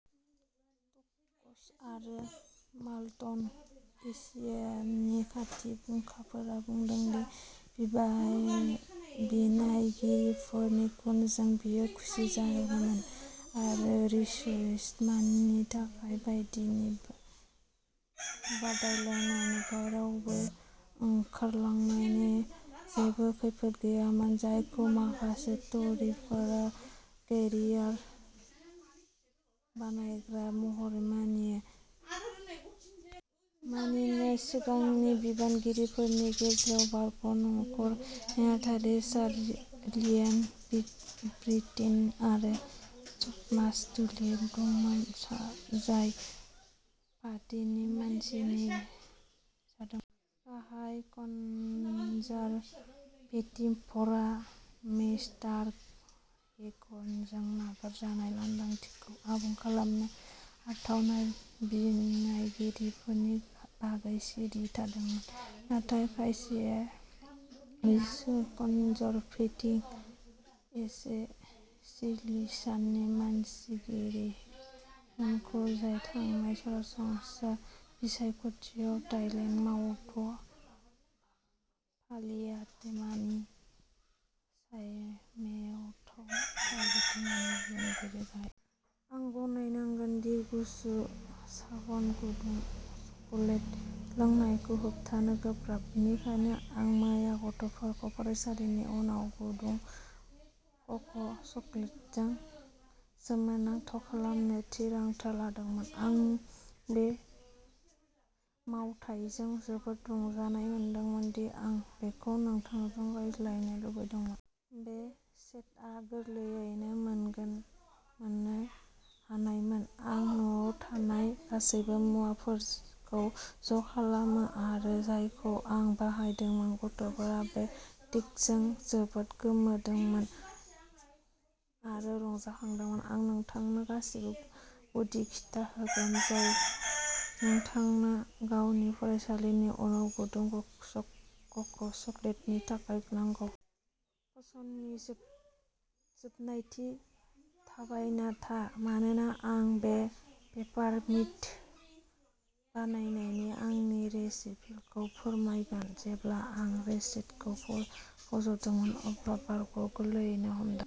" Thirsk आरो Malton एस'सिएशननि खाथि फुंखाफोरा बुंदोंमोन दि बिनायगिरिफोरनि गुनजों बियो खुसि जादोंमोन। आरो रिचमन्ड मासिनि थाखाय बादायनायनि बादायलायनायनिफ्राय रावबो ओंखारलांनायनि जेबो खैफोद गैयामोन, जायखौ माखासे ट'रीफोरा "केरियार बानायग्रा" महरै मानियो। मासिनि सिगांनि बिबानगिरिफोरनि गेजेराव बारग'नखर नेहाथारि सार लिय'न ब्रिटन आरो थ'मास डुगडेल दंमोन, जाय पार्टीनि मासिगिरि जादोंमोन। गाहाय कनजारभेटिभफोरा मिस्टार हेगजों नागारजानाय लांदांथिखौ आबुं खालामनो हाथावना बिनायगिरिफोरनि बागै सिरि थादोंमोन, नाथाय माखासेया रिचमन्ड कनजारभेटिभ एस'सिएशननि मासिगिरि वेन्डी मर्टनखौ, जाय थांनाय सरासनस्रा बिसायख'थियाव टाइनेमाउथआव पार्लियामेन्टारि बिनायगिरिमोन, गाहाय बादायगिरिफोरनि गेजेराव थानो थाखाय इसारा होदोंमोन। आं गनायनांगोन दि गुसु सानाव गुदुं चकलेट लोंनायखौ होबथानो गोब्राब। बेनिखायनो आं मैया गथ'फोरखौ फरायसालिनि उनाव गुदुं क'क'स्टेशनजों सोमोनांथाव खालामनो थिरांथा लादोंमोन! आं बे मावथायजों जोबोद रंजानाय मोनदोंमोन दि आं बेखौ नोंथांजों रानलायनो लुबैदोंमोन! बे सेटआ गोरलैयैनो मोननो हानायमोन! आं न'आव थानाय गासैबो मुवाफोरखौ ज'खालामो आरो जायखौ आं बाहायदोंमोन। गथ'फोरा बे ट्रिटजों जोबोद गोमोदोंमोन आरो रंजादोंमोन। आं नोंथांनो गासिबो गुदि खिथा होगोन, जाय नोंथांनो गावनि फरायसालिनि उनाव गुदुं क'क'स्टेशननि थाखाय नांगौ! प'स्टनि जोबनायथिं थाबायना था, मानोना आं बे पेपारमिन्ट मार्शमेल'स्टिक बानायनायनि आंनि रेसिपिखौ फोरमायगोन! जेब्ला आं स्टेशनखौ फज'दोंमोन, अब्ला बरफ गोग्लैनो हमदोंमोन।